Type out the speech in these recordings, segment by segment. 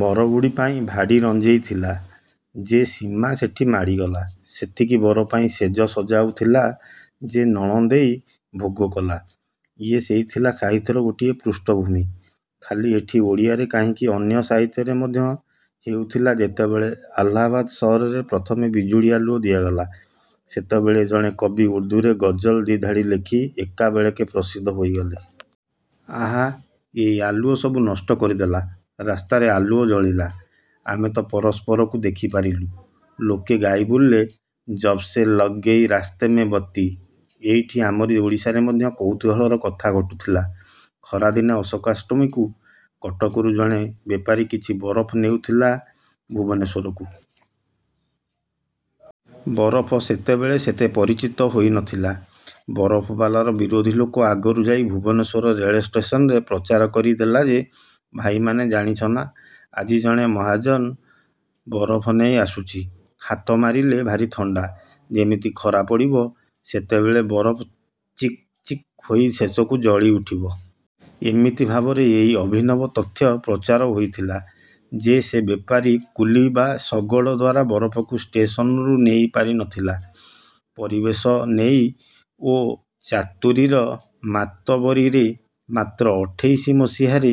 ବରଗୁଡ଼ି ପାଇଁ ଭାଡ଼ି ରଞ୍ଜେଇଥିଲା ଯେ ସୀମ ସେଠି ମାଡ଼ିଗଲା। ସେମିତି ବରପାଇଁ ଶେଜ ସଜାଉଥିଲା ଯେ ନଣନ୍ଦେଇ ଭୋଗ କଲା। ଇଏ ଥିଲା ସାହିତ୍ୟର ଗୋଟିଏ ପୃଷ୍ଠଭୂମି। ଖାଲି ଏଠି ଓଡ଼ିଆରେ କାହିଁକି ଅନ୍ୟ ସାହିତ୍ୟରେ ମଧ୍ୟ ହେଉଥିଲା ଯେତେବେଳେ ଆଲାହାବାଦ ସହରରେ ପ୍ରଥମେ ବିଜୁଳି ଆଲୁଅ ଦିଆଗଲା ସେତେବେଳେ ଜଣେ କବି ଉର୍ଦ୍ଦୁରେ ଗଜଲ୍ ଦି'ଧାଡ଼ି ଲେଖି ଏକାବେଳେକେ ପ୍ରସିଦ୍ଧ ହୋଇଗଲେ। ଆହା, ଏଇ ଆଲୁଅ ସବୁ ନଷ୍ଟ କରିଦେଲା। ରାସ୍ତାରେ ଆଲୁଅ ଜଳିଲା। ଆମେ ତ ପରସ୍ପରକୁ ଦେଖି ପାରିଲୁ। ଲୋକେ ଗାଇ ବୁଲିଲେ। –ଯବ୍ ସେ ଲଗ୍ ଗୟୀ ରାସ୍ତେ ମେ ବତୀ ଏଇଠି ଆମରି ଓଡ଼ିଶାରେ ମଧ୍ୟ କୌତୁହଳର କଥା ଘଟୁଥିଲା। ଖରାଦିନେ ଅଶୋକାଷ୍ଟମୀକୁ କଟକରୁ ଜଣେ ବେପାରି କିଛି ବରଫ ନେଉଥିଲା ଭୁବନେଶ୍ୱରକୁ। ବରଫ ସେତେବେଳେ ସେତେ ପରିଚିତ ହୋଇ ନ ଥିଲା। ବରଫବାଲାର ବିରୋଧି ଲୋକ ଆଗରୁ ଯାଇ ଭୁବନେଶ୍ୱର ରେଳଷ୍ଟେସନରେ ପ୍ରଚାର କରି ଦେଲା ଯେ–ଭାଇମାନେ ଜାଣିଛ ନା ଆଜି ଜଣେ ମହାଜନ ବରଫ୍ ନେଇ ଆସୁଛି। ହାତ ମାରିଲେ ଭାରି ଥଣ୍ତା। ଯେମିତି ଖରା ପଡ଼ିବ ସେତେବେଳେ ବରଫ ଚିକ୍ ଚିକ୍ ହୋଇ ଶେଷକୁ ଜଳି ଉଠିବ। ଏମିତି ଭାବରେ ଏହି ଅଭିନବ ତଥ୍ୟ ପ୍ରଚାର ହୋଇଥିଲା ଯେ ସେ ବେପାରୀ କୁଲି ବା ଶଗଡ଼ ଦ୍ୱାରା ବରଫକୁ ଷ୍ଟେସନରୁ ନେଇ ପାରି ନଥିଲା। ପରିବେଶ ନେଇ ଓ ଚାତୁରୀର ମାତବରୀରେ ମାତ୍ର ଅଠେଇଶି ମସିହାରେ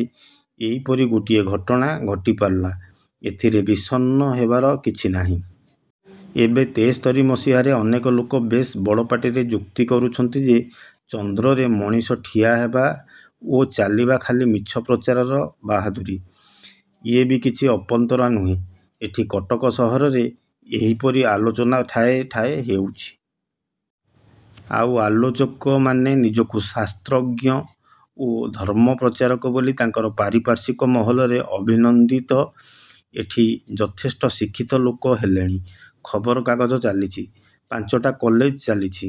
ଏଇପରି ଗୋଟିଏ ଘଟଣା ଘଟିପାରିଲା। ଏଥିରେ ବିଷର୍ଣ୍ଣ ହେବାର କିଛି ନାହିଁ। ଏବେ ତେସ୍ତରୀ ମସିହାରେ ଅନେକ ଲୋକ ବେଶ୍ ବଡ଼ ପାଟିରେ ଯୁକ୍ତି କରୁଛନ୍ତି ଯେ ଚନ୍ଦ୍ରରେ ମଣିଷ ଠିଆ ହେବା ଓ ଚାଲିବା ଖାଲି ମିଛ ପ୍ରଚାରର ବାହାଦୁରୀ। ଇଏ ବି କିଛି ଅପନ୍ତରା ନୁହେଁ। ଏହି କଟକ ସହରରେ ଏହିପରି ଆଲୋଚନା ଠାଏ ଠାଏ ହେଉଛି। ଆଉ ଆଲୋଚକମାନେ ନିଜକୁ ଶାସ୍ତ୍ରଜ୍ଞ ଓ ଧର୍ମପ୍ରଚାରକ ବୋଲି ତାଙ୍କର ପାରିପାର୍ଶ୍ୱିକ ମହଲରେ ଅଭିନନ୍ଦିତ। ଏଠି ଯଥେଷ୍ଟ ଶିକ୍ଷିତ ଲୋକ ହେଲେଣି। ଖବର କାଗଜ ଚାଲିଛି। ପାଞ୍ଚଟା କଲେଜ ଚାଲିଛି।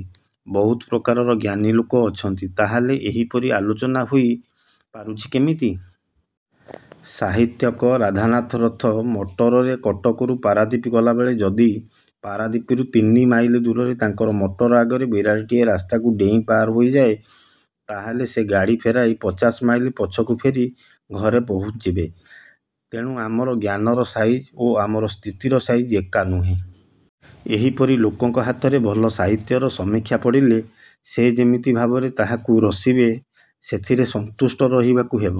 ବହୁତ ପ୍ରକାରର ଜ୍ଞାନୀ ଲୋକ ଅଛନ୍ତି। ତାହାହେଲେ ଏହିପରି ଆଲୋଚନା ହୋଇ ପାରୁଛି କେମିତି? ସାହିତ୍ୟିକ ରାଧାନାଥ ରଥ ମଟରରେ କଟକରୁ ପାରାଦୀପ ଗଲାବେଳେ ଯଦି ପାରାଦୀପରୁ ତିନି ମାଇଲ ଦୂରରେ ତାଙ୍କର ମଟର ଆଗରେ ବିରାଡ଼ିଟିଏ ରାସ୍ତାକୁ ଡେଇଁ ପାର ହୋଇଯାଏ ତାହାହେଲେ ସେ ଗାଡ଼ି ଫେରାଇ ପଚାଶ ମାଇଲ ପଛକୁ ଫେରି ଘରେ ପହୁଞ୍ଚିବେ। ତେଣୁ ଆମର ଜ୍ଞାନର ସାଇଜ ଓ ଆମର ସ୍ଥିତିର ସାଇଜ ଏକା ନୁହେଁ। ଏହିପରି ଲୋକଙ୍କ ହାତରେ ଭଲ ସାହିତ୍ୟର ସମୀକ୍ଷା ପଡ଼ିଲେ ସେ ଯେମିତି ଭାବରେ ତାହାକୁ ରସିବେ ସେଥିରେ ସନ୍ତୁଷ୍ଟ ରହିବାକୁ ହେବ।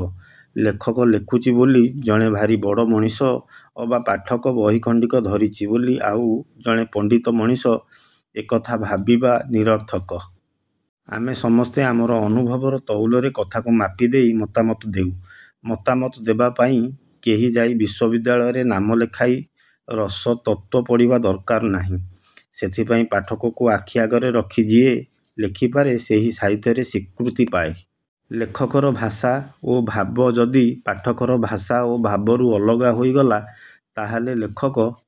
ଲେଖକ ଲେଖୁଛି ବୋଲି ଜଣେ ଭାରି ବଡ଼ ମଣିଷ ଅବା ପାଠକ ବହିଖଣ୍ତିକ ଧରିଛି ବୋଲି ଆଉ ଜଣେ ପଣ୍ତିତ ମଣିଷ–ଏକଥା ଭାବିବା ନିରର୍ଥକ। ଆମେ ସମସ୍ତେ ଆମର ଅନୁଭବର ତଉଲରେ କଥାକୁ ମାପି ଦେଇ ମତାମତ ଦେଉ। ମତାମତ ଦେବା ପାଇଁ କେହି ଯାଇ ବିଶ୍ୱବିଦ୍ୟାଳୟରେ ନାମ ଲେଖାଇ ରସ–ତତ୍ତ୍ୱ ପଢ଼ିବା ଦରକାର ନାହିଁ। ସେଥିପାଇଁ ପାଠକକୁ ଆଖି ଆଗରେ ରଖି ଯିଏ ଲେଖିପାରେ ସେହି ସାହିତ୍ୟରେ ସ୍ୱୀକୃତି ପାଏ। ଲେଖକର ଭାଷା ଓ ଭାବ ଯଦି। ପାଠକର ଭାଷା ଓ ଭାବରୁ ଅଲଗା ହୋଇଗଲା ତାହାହେଲେ ଲେଖକ